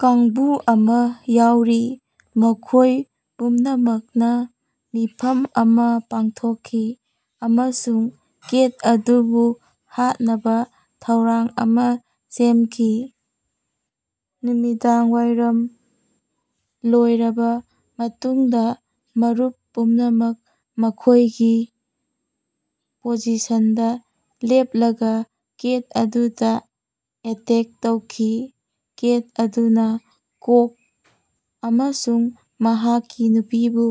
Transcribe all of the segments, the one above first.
ꯀꯥꯡꯕꯨ ꯑꯃꯥ ꯌꯥꯎꯔꯤ꯫ ꯃꯈꯣꯏ ꯄꯨꯝꯅꯃꯛꯅꯥ ꯃꯤꯐꯝ ꯑꯃꯥ ꯄꯥꯡꯊꯣꯛꯈꯤ ꯑꯃꯁꯨꯡ ꯀꯦꯠ ꯑꯗꯨꯕꯨ ꯍꯥꯠꯅꯕꯥ ꯊꯧꯔꯥꯡ ꯑꯃꯥ ꯁꯦꯝꯈꯤ꯫ ꯅꯨꯃꯤꯗꯥꯡꯋꯥꯏꯔꯝ ꯂꯣꯏꯔꯕꯥ ꯃꯇꯨꯡꯗꯥ ꯃꯔꯨꯞ ꯄꯨꯝꯅꯃꯛ ꯃꯈꯣꯏꯒꯤ ꯄꯣꯖꯤꯁꯟꯗꯥ ꯂꯦꯞꯂꯒꯥ ꯀꯦꯠ ꯑꯗꯨꯗꯥ ꯑꯦꯇꯦꯛ ꯇꯧꯈꯤ꯫ ꯀꯦꯠ ꯑꯗꯨꯅꯥ ꯀꯣꯛ ꯑꯃꯁꯨꯡ ꯃꯍꯥꯛꯀꯤ ꯅꯨꯄꯤꯕꯨ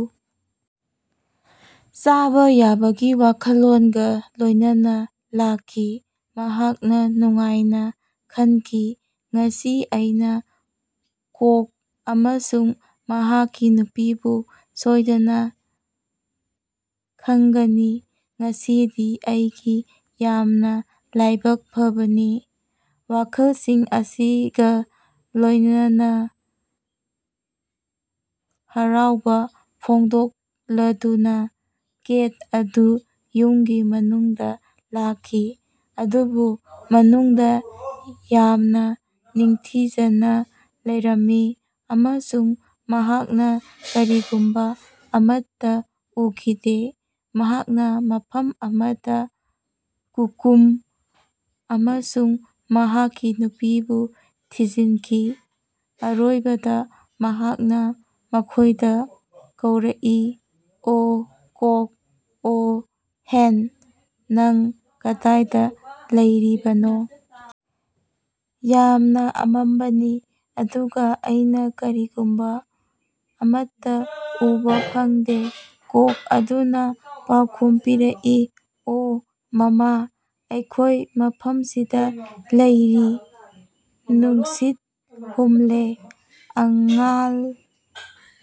ꯆꯥꯕꯥ ꯌꯥꯕꯒꯤ ꯋꯥꯈꯜꯂꯣꯟꯒꯥ ꯂꯣꯏꯅꯅꯥ ꯂꯥꯛꯈꯤ꯫ ꯃꯍꯥꯛꯅꯥ ꯅꯨꯡꯉꯥꯏꯅꯥ ꯈꯟꯈꯤ ꯉꯁꯤ ꯑꯩꯅꯥ ꯀꯣꯛ ꯑꯃꯁꯨꯡ ꯃꯍꯥꯛꯀꯤ ꯅꯨꯄꯤꯕꯨ ꯁꯣꯏꯗꯅꯥ ꯈꯥꯡꯒꯅꯤ ꯉꯁꯤꯗꯤ ꯑꯩꯒꯤ ꯌꯥꯝꯅꯥ ꯂꯥꯏꯕꯛ ꯐꯕꯅꯤ꯫ ꯋꯥꯈꯜꯁꯤꯡ ꯑꯁꯤꯒꯥ ꯂꯣꯏꯅꯅꯥ ꯍꯔꯥꯎꯕꯥ ꯐꯣꯡꯗꯣꯛꯂꯗꯨꯅꯥ ꯀꯦꯠ ꯑꯗꯨ ꯌꯨꯝꯒꯤ ꯃꯅꯨꯡꯗꯥ ꯂꯥꯛꯈꯤ꯫ ꯑꯗꯨꯕꯨ ꯃꯅꯨꯡꯗꯥ ꯌꯥꯝꯅꯥ ꯅꯤꯡꯊꯤꯖꯅꯥ ꯂꯩꯔꯝꯃꯤ ꯑꯃꯁꯨꯡ ꯃꯍꯥꯛꯅꯥ ꯀꯔꯤꯒꯨꯝꯕꯥ ꯑꯃꯠꯇꯥ ꯎꯈꯤꯗꯦ꯫ ꯃꯍꯥꯛꯅꯥ ꯃꯐꯝ ꯑꯃꯗꯥ ꯀꯨꯀꯨꯝ ꯑꯃꯁꯨꯡ ꯃꯍꯥꯛꯀꯤ ꯅꯨꯄꯤꯕꯨ ꯊꯤꯖꯤꯟꯈꯤ꯫ ꯑꯔꯣꯏꯕꯗꯥ ꯃꯍꯥꯛꯅꯥ ꯃꯈꯣꯏꯗꯥ ꯀꯧꯔꯀꯏ ꯑꯣ ꯀꯣꯛ ꯑꯣ ꯍꯦꯟ ꯅꯪ ꯀꯗꯥꯏꯗꯥ ꯂꯩꯔꯤꯕꯅꯣ? ꯌꯥꯝꯅꯥ ꯑꯃꯝꯕꯅꯤ ꯑꯗꯨꯒꯥ ꯑꯩꯅꯥ ꯀꯔꯤꯒꯨꯝꯕꯥ ꯑꯃꯠꯇꯥ ꯎꯕꯥ ꯐꯪꯗꯦ ꯀꯣꯛ ꯑꯗꯨꯅꯥ ꯄꯥꯎꯈꯨꯝ ꯄꯤꯔꯛꯏ ꯑꯣ ꯃꯥꯃꯥ ꯑꯩꯈꯣꯏ ꯃꯐꯝꯁꯤꯗꯥ ꯂꯩꯔꯤ ꯅꯨꯡꯁꯤꯠ ꯍꯨꯝꯂꯦ꯫ ꯑꯥꯉꯥꯜ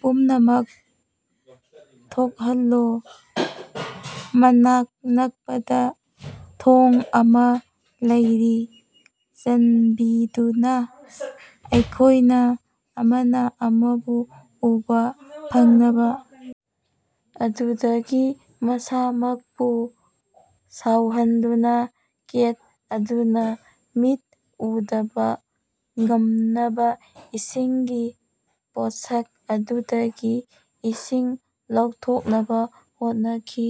ꯄꯨꯝꯅꯃꯛ ꯊꯣꯛꯍꯜꯂꯨ ꯃꯅꯥꯛ ꯅꯛꯄꯗꯥ ꯊꯣꯡ ꯑꯃꯥ ꯂꯩꯔꯤ ꯆꯥꯟꯕꯤꯗꯨꯅꯥ ꯑꯩꯈꯣꯏꯅꯥ ꯑꯃꯅꯥ ꯑꯃꯕꯨ ꯎꯕꯥ ꯐꯪꯅꯕꯥ ꯑꯗꯨꯗꯒꯤ ꯃꯁꯥꯃꯛꯄꯨ ꯁꯥꯎꯍꯟꯗꯨꯅꯥ ꯀꯦꯠ ꯑꯗꯨꯅꯥ ꯃꯤꯠ ꯎꯗꯕꯥ ꯉꯝꯅꯕꯥ ꯏꯁꯤꯡꯒꯤ ꯄꯣꯠꯁꯛ ꯑꯗꯨꯗꯒꯤ ꯏꯁꯤꯡ ꯂꯧꯊꯣꯛꯅꯕꯥ ꯍꯣꯠꯅꯈꯤ꯫